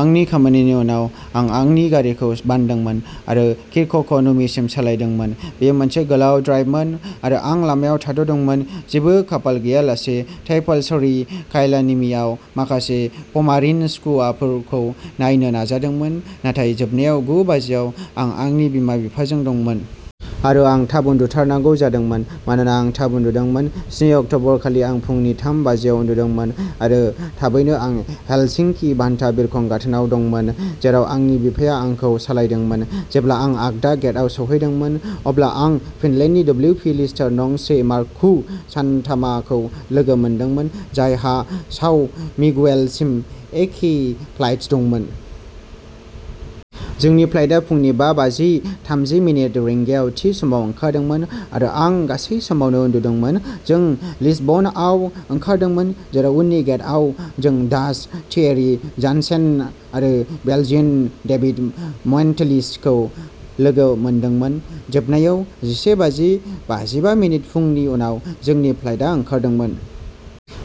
आंनि खामानिनि उनाव, आं आंनि गारिखौ बानदोंमोन आरो किर्कक'नुमिसिम सालायदोंमोन। बेयो मोनसे गोलाव ड्राइभमोन आरो आं लामायाव थाद'दोंमोन, जेबो खाफाल गैयालासे ताइपालसारि काइलानिमिआव माखासे प'मारिन स्कुआफोरखौ नायनो नाजादोंमोन, नाथाय जोबनायाव गु बाजियाव आं आंनि बिमा-बिफाजों दंमोन। आरो आं थाब उन्दुथारनांगौ जादोंमोन मानोना आं थाब उन्दुदोंमोन। स्नि अक्ट'बरखालि आं फुंनि थाम बाजियाव उन्दुदोंमोन आरो थाबैनो आं हेलसिंकि भान्टा बिरखं गाथोनाव दंमोन, जेराव आंनि बिफाया आंखौ सालायदोंमोन। जेब्ला आं आगदा गेटआव सौहैदोंमोन, अब्ला आं फिनलेन्डनि डब्लिउपि-लिस्टार नं से मार्ककु सान्टामाखौ लोगो मोनदोंमोन, जायहा साव मिगुवेलसिम एखे फ्लाइट्स दंमोन। जोंनि फ्लाइटा फुंनि बा बाजि थामजि मिनिट रिंगायाव थि समाव ओंखारदोंमोन आरो आं गासै समावनो उन्दुदोंमोन। जों लिसबनआव ओंखारदोंमोन जेराव उननि गेटआव जों डाच थियेरि जानसेन आरो बेल्जियान डेभिड मन्टिसेलिखौ लोगो मोनदोंमोन। जोबनायाव जिसे बाजि बाजिबा मिनिट फुंनि आव जोंनि फ्लाइटा ओंखारदोंमोन।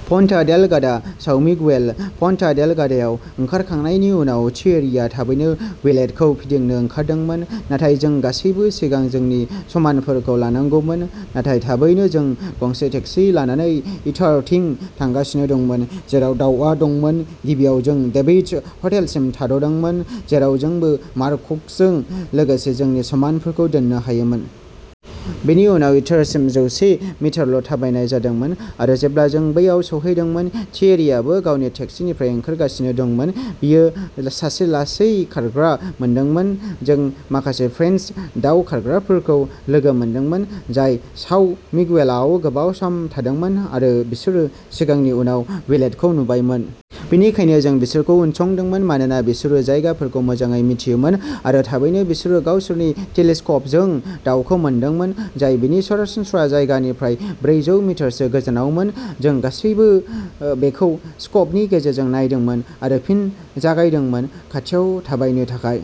पन्टा डेलगाडा, साव मिगुएल। पन्टा डेलगाडायाव ओंखारखांनायनि उनाव थियेरीआ थाबैनो विलेटखौ फिदिंनो ओंखारदोंमोन, नाथाय जों गासैबो सिगां जोंनि समानफोरखौ लांनांगौमोन। नाथाय थाबैनो जों गंसे टेक्सि लानानै इटारथिं थांगासिनो दंमोन, जेराव दाउआ दंमोन। गिबियाव जों डेभिडस हटेलसिम थाद'दोंमोन, जेराव जोंबो मार्ककुजों लोगोसे जोंनि समानफोरखौ दोननो हायोमोन। बेनि उनाव इटारसिम जौसे मिटारल' थाबायनाय जादोंमोन। आरो जेब्ला जों बैयाव सौहैदोंमोन, थियेरीआबो गावनि टेक्सीनिफ्राय ओंखारगासिनो दंमोन, बियो सासे लासै खारग्रा मोनदोंमोन। जों माखासे फ्रेन्स दाव खारग्राफोरखौ लोगो मोनदोंमोन, जाय साव मिगुएलआव गोबाव सम थादोंमोन आरो बिसोरो सिगांनि सानाव विलेटखौ नुबायमोन। बेनिखायनो जों बिसोरखौ उनसंदोंमोन मानोना बिसोरो जायगाफोरखौ मोजाङै मिथियोमोन। आरो थाबैनो बिसोरो गावसोरनि टेलिस्कोपजों दावखौ मोनदोंमोन, जाय बिनि सरासनस्रा जायगानिफ्राय ब्रैजौ मिटारसो गोजानावमोन। जों गासैबो बेखौ स्कोपनि गेजेरजों नायदोंमोन आरो फिन जागायदोंमोन। खाथियाव थाबायनो थाखाय।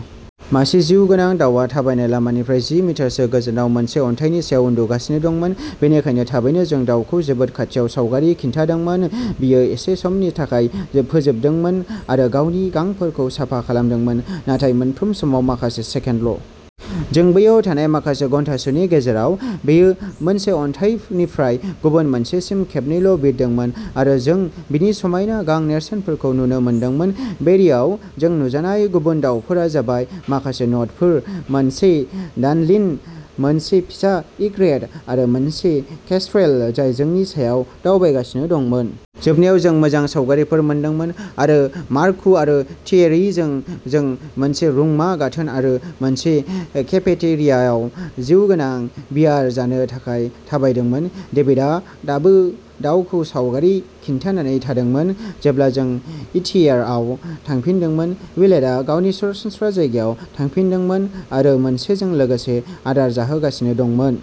मासे जिउगोनां दाउआ थाबायनाय लामानिफ्राय जि मिटारसो गोजानाव मोनसे अन्थाइनि सायाव उन्दुगासिनो दंमोन। बेनिखायनो थाबैनो जों दाउखौ जोबोद खाथियाव सावगारि खिन्थादोंमोन बियो एसे समनि थाखाय फोजोबदोंमोन आरो गावनि गांफोरखौ साफा खालामदोंमोन, नाथाय मोनफ्रोम समाव माखासे सेकेन्डल'। जों बैयाव थानाय माखासे घन्टासोनि गेजेराव, बेयो मोनसे अन्थाइनिफ्राय गुबुन मोनसेसिम खेबनैल' बिरदोंमोन आरो जों बिनि समायना गां-नेरसोनफोरखौ नुनो मोनदोंमोन। बोयरियाव जों नुजानाय गुबुन दाउफोरा जाबाय माखासे नटफोर, मोनसे डानलिन, मोनसे फिसा इग्रेत आरो मोनसे केस्ट्रेल जाय जोंनि सायाव दावबायगासिनो दंमोन। जोबनायाव जों मोजां सावगारिफोर मोनदोंमोन आरो मार्ककु आरो थियेरीजों जों मोनसे रुंमा गाथोन आरो मोनसे केफेटेरियायाव जिउगोनां-बियार जानो थाखाय थाबायदोंमोन। डेभिडआ दाबो दाउखौ सावगारि खिन्थानानै थादोंमोन। जेब्ला जों इटिएआरआव थांफिनदोंमोन, विलेटआ गावनि सरासनस्रा जायगायाव थांफिनदोंमोन आरो मोनसेजों लोगोसे आदार जाहोगासिनो दंमोन।